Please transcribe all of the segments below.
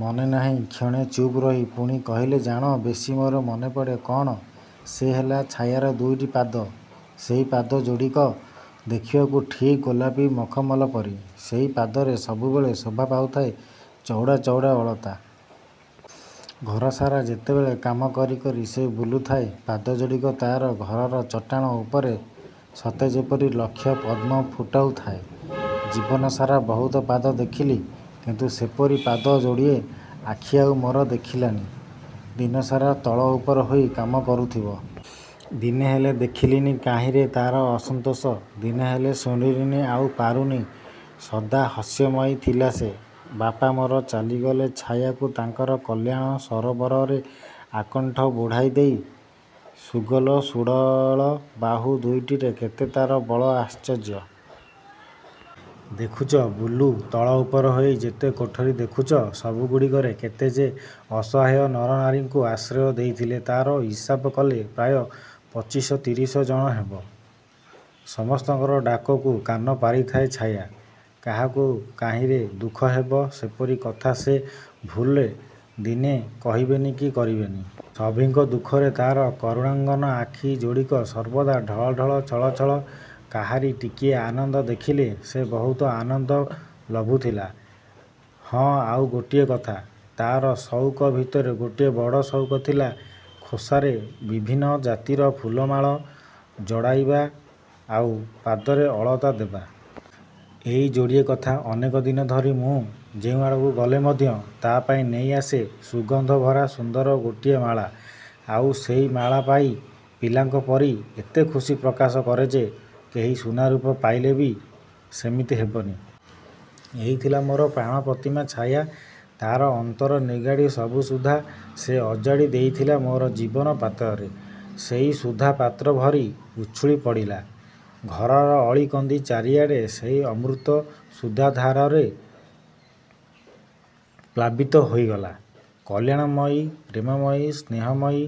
ମନେ ନାହିଁ। କ୍ଷଣେ ଚୁପ୍ ରହି ପୁଣି କହିଲେ ଜାଣ, ବେଶୀ ମୋର ମନେ ପଡ଼େ କ'ଣ? ସେ ହେଲା ଛାୟାର ଦୁଇଟି ପାଦ। ସେଇ ପାଦ ଯୋଡ଼ିକ ଦେଖିବାକୁ ଠିକ୍ ଗୋଲାପୀ ମଖମଲ ପରି। ସେଇ ପାଦରେ ସବୁବେଳେ ଶୋଭା ପାଉଥାଏ ଚଉଡ଼ା ଚଉଡ଼ା ଅଳତା। ଘରସାରା ଯେତେବେଳେ କାମ କରି କରି ସେ ବୁଲୁଥାଏ, ପାଦ ଯୋଡ଼ିକ ତା'ର ଘରର ଚଟାଣ ଉପରେ ସତେଯେପରି ଲକ୍ଷ ପଦ୍ମ ଫୁଟାଉଥାଏ। ଜୀବନସାରା ବହୁତ ପାଦ ଦେଖିଲି, କିନ୍ତୁ ସେପରି ପାଦ ଯୋଡ଼ିଏ ଆଖି ଆଉ ମୋର ଦେଖିଲାନି। ଦିନସାରା ତଳ ଉପର ହୋଇ କାମ କରୁଥିବ। ଦିନେ ହେଲେ ଦେଖିଲିନି କାହିଁରେ ତା'ର ଅସନ୍ତୋଷ। ଦିନେ ହେଲେ ଶୁଣିଲିନି ଆଉ ପାରୁନି। ସଦା ହାସ୍ୟମୟୀ ଥିଲା ସେ। ବାପା ମୋର ଚାଲିଗଲେ ଛାୟାକୁ ତାଙ୍କର କଲ୍ୟାଣ ସରୋବରରେ ଆକଣ୍ଠ ବୁଡ଼ାଇ ଦେଇ। ସୁଗୋଲ, ସୁଢ଼ଳ ବାହୁ ଦୁଇଟିରେ କେତେ ତା'ର ବଳ। ଆଶ୍ଚର୍ଯ୍ୟ! ଦେଖୁଛ ବୁଲୁ, ତଳ ଉପର ହୋଇ ଯେତେ କୋଠରି ଦେଖୁଛ, ସବୁଗୁଡ଼ିକରେ କେତେ ଯେ ଅସହାୟ ନରନାରୀଙ୍କୁ ଆଶ୍ରୟ ଦେଇଥିଲେ ତା'ର ହିସାବ କଲେ ପ୍ରାୟ ପଚିଶ ତିରିଶ ଜଣ ହେବେ। ସମସ୍ତଙ୍କର ଡାକକୁ କାନ ପାରିଥାଏ ଛାୟା। କାହାକୁ କାହିଁରେ ଦୁଃଖ ହେବ, ସେପରି କଥା ସେ ଭୁଲରେ ଦିନେ କହିବେନି କି କରିବେନି। ସଭିଙ୍କ ଦୁଃଖରେ ତା'ର କରୁଣାଙ୍ଗନ ଆଖି ଯୋଡ଼ିକ ସର୍ବଦା ଢଳ ଢଳ ଛଳ ଛଳ। କାହାରି ଟିକିଏ ଆନନ୍ଦ ଦେଖିଲେ, ସେ ବହୁତ ଆନନ୍ଦ ଲଭୁଥିଲା। ହଁ, ଆଉ ଗୋଟିଏ କଥା। ତା'ର ସଉକ ଭିତରେ ଗୋଟିଏ ବଡ଼ ସଉକ ଥିଲା ଖୋସାରେ ବିଭିନ୍ନ ଜାତିର ଫୁଲମାଳ ଜଡ଼ାଇବା, ଆଉ ପାଦରେ ଅଳତା ଦେବା। ଏଇ ଯୋଡ଼ିଏ କଥା। ଅନେକ ଦିନ ଧରି ମୁଁ ଯେଉଁଆଡ଼କୁ ଗଲେ ମଧ୍ୟ ତା' ପାଇଁ ନେଇ ଆସେ ସୁଗନ୍ଧ ଭରା ସୁନ୍ଦର ଗୋଟିଏ ମାଳା। ଆଉ ସେଇ ମାଳା ପାଇ ପିଲାଙ୍କ ପରି ଏତେ ଖୁସି ପ୍ରକାଶ କରେ ଯେ, କେହି ସୁନା ରୁପା ପାଇଲେ ବି ସେମିତି ହେବନି। ଏଇ ଥିଲା ମୋର ପ୍ରାଣ-ପ୍ରତିମା ଛାୟା। ତା'ର ଅନ୍ତର ନିଗାଡ଼ି ସବୁ ସୁଧା ସେ ଅଜାଡ଼ି ଦେଇଥିଲା ମୋର ଜୀବନ ପାତ୍ରରେ। ସେଇ ସୁଧା ପାତ୍ର ଭରି ଉଛୁଳି ପଡ଼ିଲା। ଘରର ଅଳି କନ୍ଦି ଚାରିଆଡ଼େ ସେଇ ଅମୃତ ସୁଧାଧାରାରେ ପ୍ଳାବିତ ହୋଇଗଲା। କଲ୍ୟାଣମୟୀ, ପ୍ରେମମୟୀ, ସ୍ନେହମୟୀ,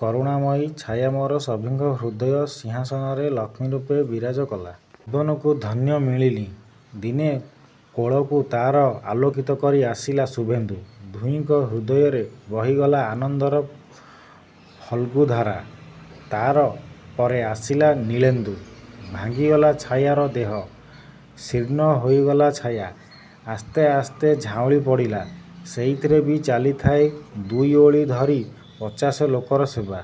କରୁଣାମୟୀ ଛାୟା ମୋର ସଭିଙ୍କ ହୃଦୟ ସିଂହାସନରେ ଲକ୍ଷ୍ମୀରୂପେ ବିରାଜ କଲା। ଜୀବନକୁ ଧନ୍ୟ ମଣିଲି। ଦିନେ କୋଳକୁ ତା'ର ଆଲୋକିତ କରି ଆସିଲା ଶୁଭେନ୍ଦୁ। ଦୁହିଁଙ୍କ ହୃଦୟରେ ବହିଗଲା ଆନନ୍ଦର ଫଲ୍ଗୁ ଧାରା। ତା' ପରେ ଆସିଲା ନୀଳେନ୍ଦୁ। ଭାଙ୍ଗିଗଲା ଛାୟାର ଦେହ। ଶୀର୍ଣ୍ଣ ହୋଇଗଲା ଛାୟା, ଆସ୍ତେ ଆସ୍ତେ ଝାଉଁଳି ପଡ଼ିଲା। ସେଇଥିରେ ବି ଚାଲିଥାଏ ଦୁଇଓଳି ଧରି ପଚାଶ ଲୋକର ସେବା।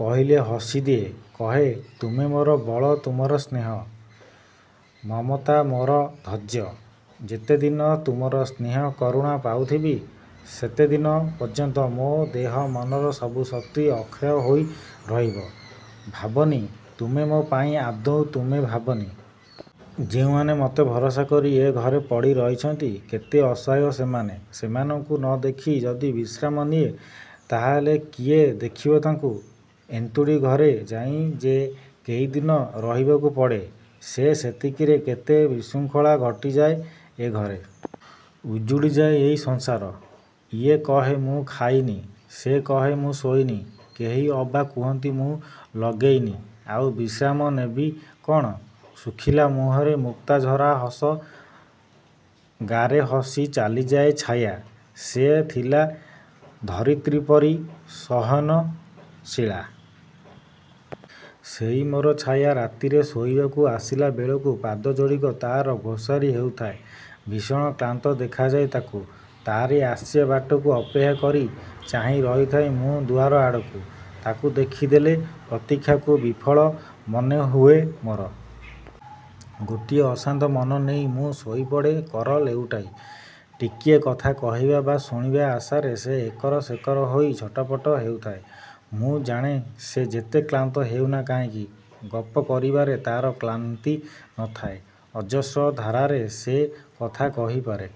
କହିଲେ ହସି ଦିଏ। କହେ ତୁମେ ମୋର ବଳ, ତୁମର ସ୍ନେହ, ମମତା ମୋର ଧୈର୍ଯ୍ୟ। ଯେତେଦିନ ତୁମର ସ୍ନେହ କରୁଣା ପାଉଥିବି ସେତେଦିନ ପର୍ଯ୍ୟନ୍ତ ମୋ ଦେହ ମନର ସବୁ ଶକ୍ତି ଅକ୍ଷୟ ହୋଇ ରହିବ। ଭାବନି ତୁମେ ମୋ ପାଇଁ ଆଦୌ ତୁମେ ଭାବନି। ଯେଉଁମାନେ ମତେ ଭରସା କରି ଏ ଘରେ ପଡ଼ି ରହିଛନ୍ତି କେଡ଼େ ଅସହାୟ ସେମାନେ! ସେମାନଙ୍କୁ ନ ଦେଖି ଯଦି ବିଶ୍ରାମ ନିଏ ତାହାହେଲେ କିଏ ଦେଖିବ ତାଙ୍କୁ। ଏନ୍ତୁଡ଼ି ଘରେ ଯାଇ ଯେ କେଇଦିନ ରହିବାକୁ ପଡ଼େ, ସେ ସେତିକିରେ କେତେ ବିଶୃଙ୍ଖଳା ଘଟିଯାଏ ଏ ଘରେ। ଉଜୁଡ଼ି ଯାଏ ଏଇ ସଂସାର। ଇଏ କହେ ମୁଁ ଖାଇନି, ସେ କହେ ମୁଁ ଶୋଇନି, କେହି ଅବା କୁହନ୍ତି ମୁଁ ଲଗେଇନି, ଆଉ ବିଶ୍ରାମ ନେବି କ'ଣ? ଶୁଖିଲା ମୁହଁରେ ମୁକ୍ତାଝରା ହସ ଗାରେ ହସି ଚାଲିଯାଏ ଛାୟା। ସେ ଥିଲା ଧରିତ୍ରୀ ପରି ସହନଶୀଳା। ସେଇ ମୋର ଛାୟା। ରାତିରେ ଶୋଇବାକୁ ଆସିଲା ବେଳକୁ ପାଦ ଯୋଡ଼ିକ ତା'ର ଘୋସାରି ହେଉଥାଏ। ଭୀଷଣ କ୍ଳାନ୍ତ ଦେଖାଯାଏ ତାକୁ। ତା'ରି ଆସିବା ବାଟକୁ ଅପେକ୍ଷା କରି ଚାହିଁ ରହିଥାଏ ମୁଁ ଦୁଆର ଆଡ଼କୁ। ତାକୁ ଦେଖି ଦେଲେ ପ୍ରତୀକ୍ଷାକୁ ବିଫଳ ମନେ ହୁଏ ମୋର। ଗୋଟିଏ ଅଶାନ୍ତ ମନ ନେଇ ମୁଁ ଶୋଇ ପଡ଼େ କର ଲେଉଟାଇ। ଟିକିଏ କଥା କହିବା ବା ଶୁଣିବା ଆଶାରେ ସେ ଏକର ସେକର ହୋଇ ଛଟପଟ ହେଉଥାଏ। ମୁଁ ଜାଣେ, ସେ ଯେତେ କ୍ଳାନ୍ତ ହେଉନା କାହିଁକି ଗପ କରିବାରେ ତା'ର କ୍ଳାନ୍ତି ନଥାଏ। ଅଜସ୍ର ଧାରାରେ ସେ କଥା କହି ପାରେ।